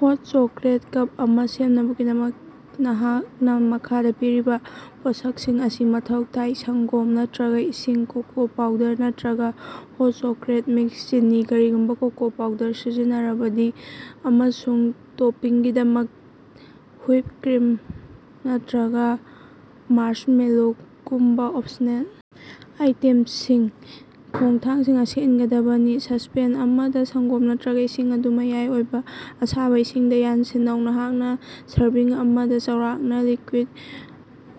ꯍꯣꯠ chocolate cup ꯑꯃ ꯁꯦꯝꯅꯕꯒꯤꯗꯃꯛ ꯅꯍꯥꯛꯅ ꯃꯈꯥꯗ ꯄꯤꯔꯤꯕ ꯄꯣꯠꯁꯛꯁꯤꯡ ꯑꯁꯤ ꯃꯊꯧ ꯇꯥꯏ: ꯁꯪꯒꯣꯝ ꯅꯠꯇ꯭ꯔꯒ ꯏꯁꯤꯡ, ꯀꯣꯀꯣ ꯄꯥꯎꯗꯔ ꯅꯠꯇ꯭ꯔꯒ ꯍꯣꯠ ꯆꯣꯀꯣꯂꯦꯠ ꯃꯤꯛꯁ, ꯆꯤꯅꯤ (ꯀꯔꯤꯒꯨꯝꯕ ꯀꯣꯀꯣ ꯄꯥꯎꯗꯔ ꯁꯤꯖꯤꯟꯅꯔꯕꯗꯤ), ꯑꯃꯁꯨꯡ ꯇꯣꯄꯤꯡꯒꯤꯗꯃꯛꯇ ꯍꯨꯏꯞ ꯀ꯭ꯔꯤꯝ ꯅꯠꯇ꯭ꯔꯒ ꯃꯥꯔꯁꯃꯦꯂꯣꯒꯨꯝꯕ ꯑꯣꯞꯁꯅꯦꯜ ꯑꯥꯏꯇꯦꯝꯁꯤꯡ꯫ ꯈꯣꯡꯊꯥꯡꯁꯤꯡ ꯑꯁꯤ ꯏꯟꯒꯗꯕꯅꯤ: ꯁꯁꯄꯦꯟ ꯑꯃꯗ ꯁꯪꯒꯣꯝ ꯅꯠꯇ꯭ꯔꯒ ꯏꯁꯤꯡ ꯑꯗꯨ ꯃꯌꯥꯏ ꯑꯣꯏꯕ ꯑꯁꯥꯕ ꯏꯁꯤꯡꯗ ꯌꯥꯟꯁꯤꯟꯅꯧ꯫ ꯅꯍꯥꯛꯅ ꯁꯔꯚꯤꯡ ꯑꯃꯗ ꯆꯥꯎꯔꯥꯛꯅ ꯂꯤꯀ꯭ꯌꯨꯏꯗ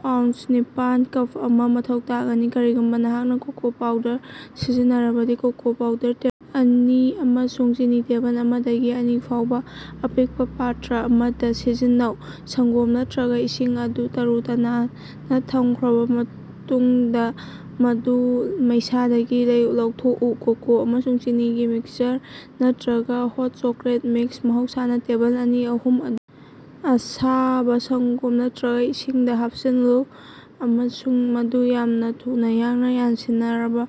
ꯑꯣꯎꯟꯁ ꯅꯤꯄꯥꯟ(ꯀꯞ ꯑꯃ) ꯃꯊꯧ ꯇꯥꯒꯅꯤ꯫ ꯀꯔꯤꯒꯨꯝꯕ ꯅꯍꯥꯛꯅ ꯀꯣꯀꯣ ꯄꯥꯎꯗꯔ ꯁꯤꯖꯤꯟꯅꯔꯕꯗꯤ, ꯀꯣꯀꯣ ꯄꯥꯎꯗꯔ ꯇꯦ ꯑꯅꯤ ꯑꯃꯁꯨꯡ ꯆꯤꯅꯤ ꯇꯦꯕꯜ ꯑꯃꯗꯒꯤ ꯑꯅꯤ ꯐꯥꯎꯕ ꯑꯄꯤꯛꯄ ꯄꯥꯇ꯭ꯔ ꯑꯃꯗ ꯌꯥꯟꯁꯤꯟꯅꯧ꯫ ꯁꯪꯒꯣꯝ ꯅꯠꯇ꯭ꯔꯒ ꯏꯁꯤꯡ ꯑꯗꯨ ꯇꯔꯨ-ꯇꯅꯥꯟꯅ ꯊꯝꯈ꯭ꯔꯕ ꯃꯇꯨꯡꯗ ꯃꯗꯨ ꯃꯩꯁꯥꯗꯒꯤ ꯂꯧꯊꯣꯛꯎ꯫ ꯀꯣꯀꯣ ꯑꯃꯁꯨꯡ ꯆꯤꯅꯤꯒꯤ ꯃꯤꯛꯁꯆꯔ, ꯅꯠꯇ꯭ꯔꯒ ꯍꯣꯠ ꯆꯣꯀꯣꯂꯦꯠ ꯃꯤꯛꯁ (ꯃꯍꯧꯁꯥꯅꯥ ꯇꯦꯕꯜ ꯑꯅꯤ-ꯑꯍꯨꯝ) ꯑꯗꯨ ꯑꯁꯥꯕ ꯁꯪꯒꯣꯝ ꯅꯠꯇ꯭ꯔꯒ ꯏꯁꯤꯡꯗ ꯍꯥꯞꯆꯤꯜꯂꯨ ꯑꯃꯁꯨꯡ ꯃꯗꯨ ꯌꯥꯝꯅ ꯊꯨꯅ ꯌꯥꯡꯅ ꯌꯥꯟꯁꯤꯟꯅꯔꯕ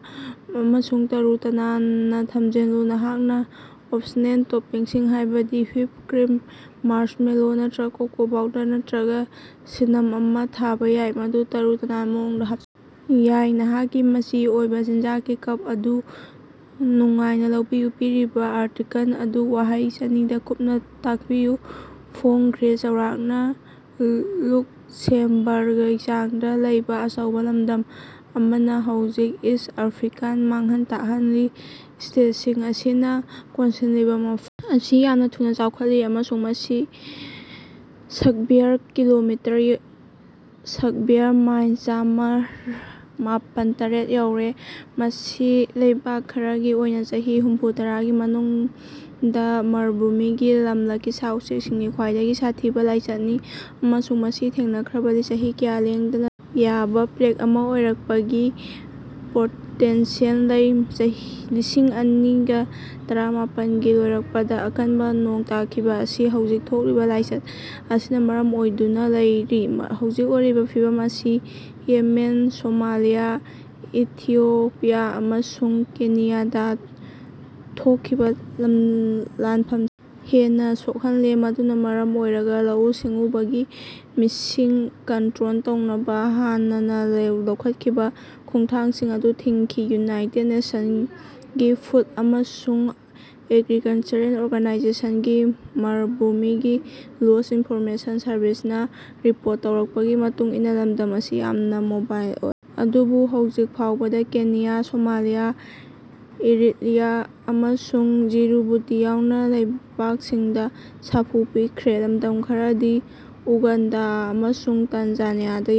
ꯑꯃꯁꯨꯡ ꯇꯔꯨ-ꯇꯅꯥꯟꯅ ꯊꯝꯖꯤꯜꯂꯨ꯫ ꯅꯍꯥꯛꯅ ꯑꯣꯞꯁꯅꯦꯜ ꯇꯣꯄꯤꯡꯁꯤꯡ ꯍꯥꯏꯕꯗꯤ ꯍꯨꯏꯞ ꯀ꯭ꯔꯤꯝ, ꯃꯥꯔꯁꯃꯦꯂꯣ ꯅꯠꯇ꯭ꯔꯒ ꯀꯣꯀꯣ ꯄꯥꯎꯗꯔ ꯅꯠꯇ꯭ꯔꯒ ꯁꯤꯅꯥꯝ ꯑꯃ ꯊꯥꯕ ꯌꯥꯏ, ꯃꯗꯨ ꯇꯔꯨ-ꯇꯅꯥꯟꯕ ꯃꯑꯣꯡꯗ ꯍꯥꯞꯆꯤꯟꯕ ꯌꯥꯏ꯫ ꯅꯍꯥꯛꯀꯤ ꯃꯆꯤ ꯑꯣꯏꯕ ꯆꯤꯟꯖꯥꯛꯀꯤ ꯀꯞ ꯑꯗꯨ ꯅꯨꯡꯉꯥꯏꯅ ꯂꯧꯕꯤꯌꯨ꯫ ꯄꯤꯔꯤꯕ ꯑꯥꯔꯇꯤꯀꯜ ꯑꯗꯨ ꯋꯥꯍꯩ ꯆꯅꯤꯗ ꯀꯨꯞꯅ ꯇꯥꯛꯄꯤꯌꯨ꯫ ꯐꯣꯡꯈ꯭ꯔꯦ꯫ ꯆꯥꯎꯔꯥꯛꯅ ꯂꯨꯛꯁꯦꯝꯕꯥꯔꯒꯀꯤ ꯆꯥꯡꯗ ꯂꯩꯕ ꯑꯆꯧꯕ ꯂꯝꯗꯝ ꯑꯃꯅ ꯍꯧꯖꯤꯛ ꯏꯁ꯭ꯠ ꯑꯥꯐ꯭ꯔꯤꯀꯥꯗ ꯃꯥꯡꯍꯟ ꯇꯥꯛꯍꯜꯂꯤ꯫ ꯏꯟꯁꯦꯛꯇꯁꯤꯡ ꯑꯁꯤꯅ ꯀꯣꯟꯁꯤꯜꯂꯤꯕ ꯃꯐꯝ ꯑꯁꯤ ꯌꯥꯝꯅ ꯊꯨꯅ ꯆꯥꯎꯈꯠꯂꯛꯂꯤ ꯑꯃꯁꯨꯡ ꯃꯁꯤ ꯁꯛꯕ꯭ꯌꯥꯔ ꯀꯤꯂꯣꯃꯤꯇꯔ (ꯁꯛꯕ꯭ꯌꯥꯔ ꯃꯥꯏꯜ ꯆꯃꯥꯄꯟ ꯇꯔꯦꯠ) ꯌꯧꯔꯦ꯫ ꯃꯁꯤ ꯂꯩꯕꯛ ꯈꯔꯒꯤ ꯑꯣꯏꯅ ꯆꯍꯤ ꯍꯨꯝꯐꯨꯇꯔꯥꯒꯤ ꯃꯅꯨꯡꯗ ꯃꯔꯨꯚꯨꯃꯤꯒꯤ ꯂꯝꯂꯛꯀꯤ ꯁꯥ-ꯎꯆꯦꯛꯁꯤꯡꯒꯤ ꯈ꯭ꯋꯥꯏꯗꯒꯤ ꯁꯥꯊꯤꯕ ꯂꯥꯏꯆꯠꯅꯤ ꯑꯃꯁꯨꯡ ꯃꯁꯤ ꯊꯦꯡꯅꯈ꯭ꯔꯕꯗꯤ ꯆꯍꯤ ꯀꯌꯥ ꯂꯦꯡꯗꯅ ꯂꯩꯕ ꯌꯥꯕ ꯄ꯭ꯂꯦꯒ ꯑꯃ ꯑꯣꯏꯔꯛꯄꯒꯤ ꯄꯣꯇꯦꯟꯁꯤꯌꯦꯜ ꯂꯩ꯫ ꯂꯤꯁꯤꯡ ꯑꯅꯤꯒ ꯇꯔꯥꯃꯥꯄꯟ ꯒꯤ ꯂꯣꯏꯔꯛꯄꯗ ꯑꯀꯟꯕ ꯅꯣꯡ ꯇꯥꯈꯤꯕ ꯑꯁꯤ ꯍꯧꯖꯤꯛ ꯊꯣꯛꯂꯤꯕ ꯂꯥꯏꯆꯠ ꯑꯁꯤꯅ ꯃꯔꯝ ꯑꯣꯏꯗꯨꯅ ꯑꯣꯏꯔꯤ꯫ ꯍꯧꯖꯤꯛ ꯑꯣꯏꯔꯤꯕ ꯐꯤꯚꯝ ꯑꯁꯤ ꯌꯦꯃꯦꯟ, ꯁꯣꯃꯥꯂꯤꯌꯥ, ꯏꯊꯤꯑꯣꯄꯤꯌꯥ ꯑꯃꯁꯨꯡ ꯀꯦꯅꯤꯌꯥꯗ ꯊꯣꯛꯈꯤꯕ ꯂꯥꯟꯐꯝꯁꯤꯡꯅ ꯍꯦꯟꯅ ꯁꯣꯛꯍꯜꯂꯦ ꯃꯗꯨꯅ ꯃꯔꯝ ꯑꯣꯏꯔꯒ ꯂꯧꯎ-ꯁꯤꯡꯎꯒꯤ ꯃꯤꯁꯤꯡ ꯀꯟꯇ꯭ꯔꯣꯜ ꯇꯧꯅꯕ ꯍꯥꯟꯅꯅ ꯂꯧꯈꯠꯈꯤꯕ ꯈꯣꯡꯊꯥꯡꯁꯤꯡ ꯑꯗꯨ ꯊꯤꯡꯈꯤ꯫ ꯌꯨꯅꯥꯏꯇꯦꯗ ꯅꯦꯁꯟꯒꯤ ꯐꯨꯗ ꯑꯃꯁꯨꯡ ꯑꯦꯒ꯭ꯔꯤꯀꯜꯆꯔꯦꯜ ꯑꯣꯔꯒꯅꯥꯏꯖꯦꯁꯟꯒꯤ ꯃꯔꯨꯚꯨꯃꯤꯒꯤ ꯂꯣꯛꯁ꯭ꯠ ꯏꯟꯐꯣꯔꯃꯦꯁꯟ ꯁꯔꯚꯤꯁꯅ ꯔꯤꯄꯣꯔꯠ ꯇꯧꯔꯛꯄꯒꯤ ꯃꯇꯨꯡ ꯏꯟꯅ ꯂꯝꯗꯝ ꯑꯁꯤ ꯌꯥꯝꯅ ꯃꯣꯕꯥꯏꯜ ꯑꯣꯏ ꯑꯗꯨꯕꯨ ꯍꯧꯖꯤꯛ ꯐꯥꯎꯕꯗ ꯀꯦꯅꯤꯌꯥ, ꯁꯣꯃꯥꯂꯤꯌꯥ, ꯏꯔꯤꯠꯔꯤꯌꯥ ꯑꯃꯁꯨꯡ ꯖꯤꯕꯨꯇꯤ ꯌꯥꯎꯅ ꯂꯩꯕꯥꯛꯁꯤꯡꯗ ꯁꯥꯐꯨ ꯄꯤꯈ꯭ꯔꯦ꯫ ꯂꯝꯗꯝ ꯈꯔꯗꯤ ꯎꯒꯥꯟꯗꯥ ꯑꯃꯁꯨꯡ ꯇꯥꯟꯖꯥꯅꯤꯌꯥꯗꯥ ꯌꯧꯔꯦ꯫